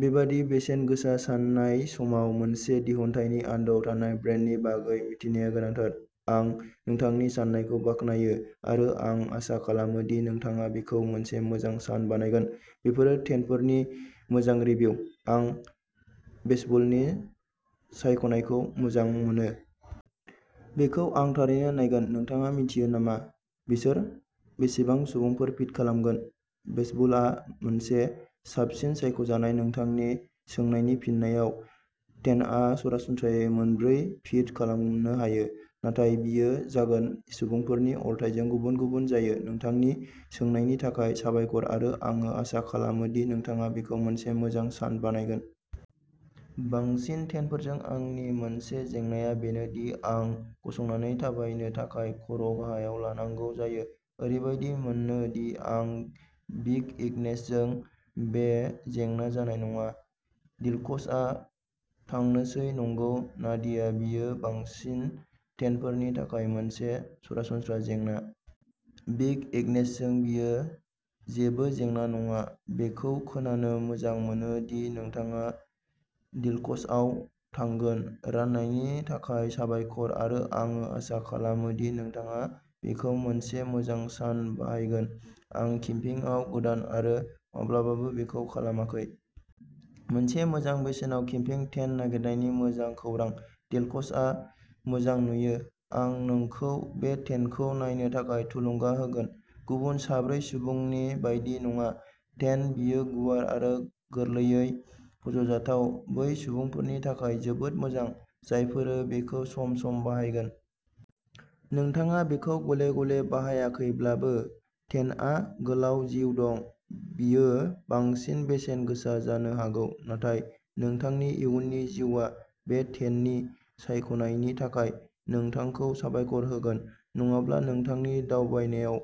बेबादि बेसेन गोसा बायनाय समाव मोनसे दिहुनथायनि आन्दोआव थानाय ब्रेन्डनि बागै मिथिनाया गोनांथार। आं नोंथांनि साननायखौ बाख्नायो आरो आं आसा खालामो दि नोंथाङा बेखौ मोनसे मोजां सान बानायगोन! बेफोर टेन्टफोरनि मोजां रिभिउ! आं भेस्टिबुलनि सायख'नायखौ मोजां मोनो! बेखौ आं थारैनो नायगोन। नोंथाङा मिन्थियो नामा बिसोर बेसेबां सुबुंफोर फिट खालामगोन? भेस्टिबुलआ मोनसे साबसिन सायख'नाय। नोंथांनि सोंनायनि फिननायाव, टेन्टआ सरासनस्रायै मोनब्रै फिट खालामनो हायो, नाथाय बेयो जागोन। सुबुंफोरनि अरथाइजों गुबुन-गुबुन जायो। नोंथांनि सोंनायनि थाखाय साबायखर आरो आं आसा खालामो दि नोंथाङा बेखौ मोनसे मोजां सान बानायगोन! बांसिन टेन्टफोरजों आंनि मोनसे जेंनाया बेनो दि आं गसंनानै थाबायनो थाखाय खर'गाहायाव लांनांगौ जायो। ओरैबायदि मोनो दि आं बिग एग्नेसजों बे जेंना जानाय नङा। डिलक्सआव थांनोसै! नंगौ नादिया, बेयो बांसिन टेन्टफोरनि थाखाय मोनसे सरासनस्रा जेंना। बिग एग्नेसजों, बेयो जेबो जेंना नङा। बेखौ खोनानो मोजां मोनो दि नोंथाङा डिलक्सआव थांगोन। राननायनि थाखाय साबायखर आरो आं आसा खालामो दि नोंथाङा बेखौ मोनसे मोजां सान बानायगोन! आं केम्पिंगआव गोदान आरो माब्लाबाबो बेखौ खालामाखै। मोनसे मोजां बेसेनाव केम्पिं टेन्ट नागिरनायनि मोजां खौरां। डिलक्सआ मोजां नुयो। आं नोंखौ बे टेन्टखौ नायनो थाखाय थुलुंगा होगोन। गुबुन साब्रै सुबुंनि बायदि नङा। टेन्ट, बेयो गुवार आरो गोरलैयै फज'जाथाव, बै सुबुंफोरनि थाखाय जोबोद मोजां जायफोरा बेखौ सम-सम बाहायगोन। नोंथाङा बेखौ गले-गले बाहायाखैब्लाबो, टेन्टआ गोलाव जिउ दं। बेयो बांसिन बेसेन गोसा जानो हागौ, नाथाय नोंथांनि इयुननि जिउआ बे टेन्टखौ सायख'नायनि थाखाय नोंथांखौ साबायखर होगोन। नङाब्ला, नोंथांनि दावबायनायाव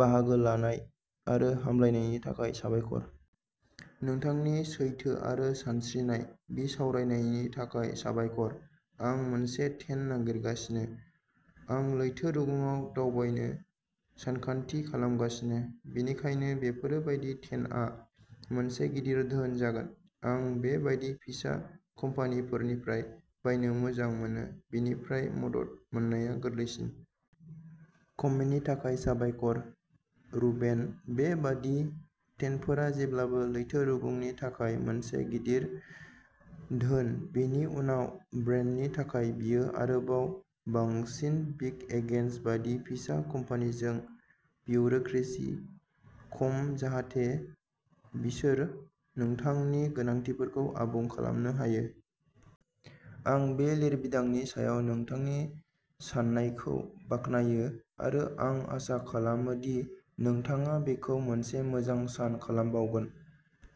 बाहागो लानाय आरो हामलायनायनि थाखाय साबायखर! नोंथांनि सैथो आरो सानस्रिनाय बिसावरायनायनि थाखाय साबायखर। आं मोनसे टेन्ड नागिरगासिनो, आं लैथो रुगुंआव दावबायनो सानथांखि खालामगासिनो, बेनिखायनो बेफोर बायदि टेन्टआ मोनसे गिदिर धोन जागोन। आं बे बायदि फिसा कम्पानिफोरनिफ्राय बायनो मोजां मोनो, बेनिफ्राय मदद मोननाया गोरलैसिन। कमेन्टनि थाखाय साबायखर रुबेन। बे बायदि टेन्टफोरा जेब्लाबो लैथो रुगुंनि थाखाय मोनसे गिदिर धोन। बेनि उनाव ब्रान्डनि थाखाय बेयो आरोबाव बांसिन। बिग एग्नेस बायदि फिसा कम्पानिजों, ब्युरोक्रेसि खम। जाहाथे बिसोर नोंथांनि गोनांथिफोरखौ आबुं खालामनो हायो। आं बे लिरबिदांनि सायाव नोंथांनि साननायखौ बाख्नायो आरो आं आसा खालामो दि नोंथाङा बेखौ मोनसे मोजां सान खालामबावगोन!